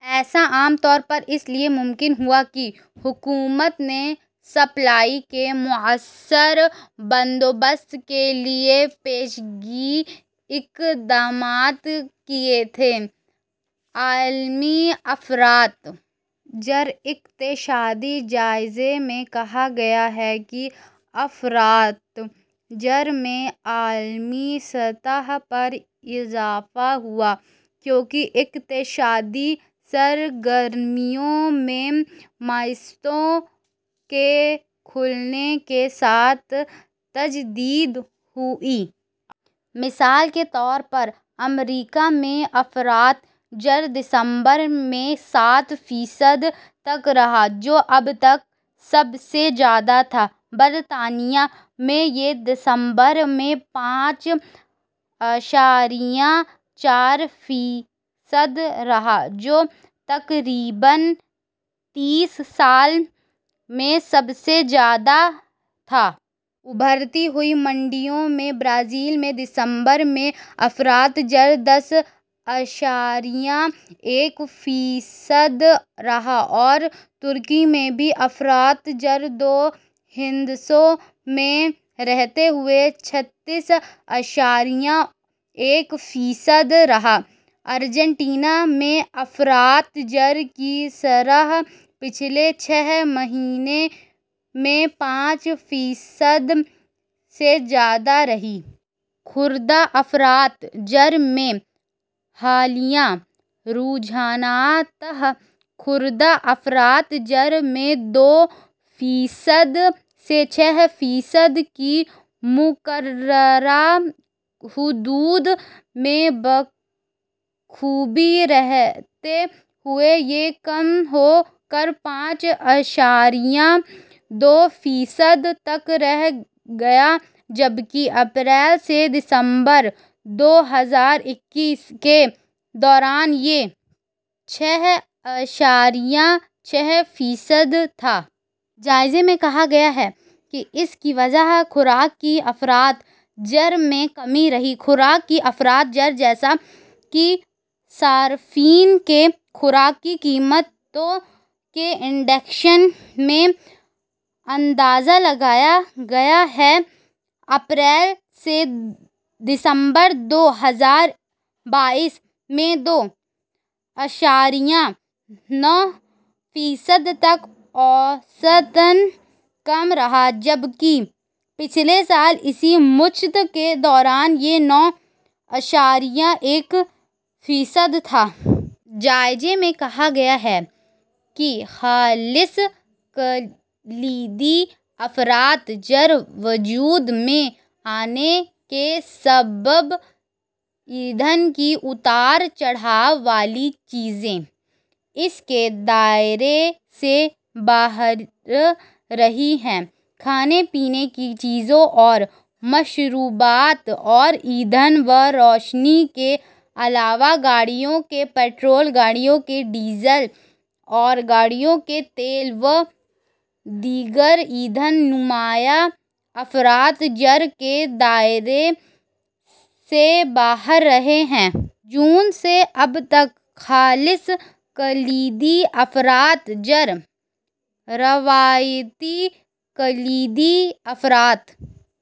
ایسا عام طور پر اس لیے ممکن ہوا کہ حکومت نے سپلائی کے مؤثر بندوبست کے لیے پیشگی اقدامات کیے تھے۔ عالمی افراط زر: اقتصادی جائزے میں کہا گیا ہے کہ افراط زر میں عالمی سطح پر اضافہ ہوا، کیونکہ اقتصادی سرگرمیوں میں معیشتوں کے کھلنے کے ساتھ تجدید ہوئی۔ مثال کے طور پر امریکہ میں افراط زر دسمبر میں سات فیصد تک رہا، جو اب تک سب سے زیادہ تھا۔ برطانیہ میں یہ دسمبر میں پانچ اعشاریہ چار فیصد رہا، جو تقریباً تیس سال میں سب سے زیادہ تھا۔ ابھرتی ہوئی منڈیوں میں برازیل میں دسمبر میں افراط زر دس اعشاریہ ایک فیصد رہا اور ترکی میں بھی افراط زر دو ہندسوں میں رہتے ہوئے چھتیس اعشاریہ ایک فیصد رہا۔ ارجنٹینا میں افراط زر کی شرح پچھلے چھ مہینے میں پچاس فیصد سے زیادہ رہی۔ خردہ افراط زر میں حالیہ رجحانات: خردہ افراط زر میں دو فیصد سے چھ فیصد کی مقررہ حدود میں بخوبی رہتے ہوئے یہ کم ہو کر پانچ اعشاریہ دو فیصد تک رہ گیا، جبکہ اپریل سے دسمبر دو ہزار اکیس کے دوران یہ چھ اعشاریہ چھ فیصد تھا۔ جائزے میں کہا گیا ہے کہ اس کی وجہ خوراک کی افراط زر میں کمی رہی۔ خوراک کی افراط زر، جیسا کہ صارفین کے خوراک کی قیمتوں کے انڈیکس میں اندازہ لگایا گیا ہے، اپریل سے دسمبر دو ہزار بائیس میں دو اعشاریہ نو فیصد تک اوسطاً کم رہا، جبکہ پچھلے سال اسی مدت کے دوران یہ نو اعشاریہ ایک فیصد تھا۔ جائزے میں کہا گیا ہے کہ خالص کلیدی افراط زر وجود میں آنے کے سبب ایندھن کی اتار چڑھاؤ والی چیزیں اس کے دائرے سے باہر رہی ہیں۔ کھانے پینے کی چیزوں اور مشروبات اور ایندھن و روشنی کے علاوہ گاڑیوں کے پٹرول، گاڑیوں کے ڈیزل اور گاڑیوں کے تیل و دیگر ایندھن نمایاں افراط زر کے دائرے سے باہر رہے ہیں۔ جون سے اب تک خالص کلیدی افراط زر، روایتی کلیدی افراط...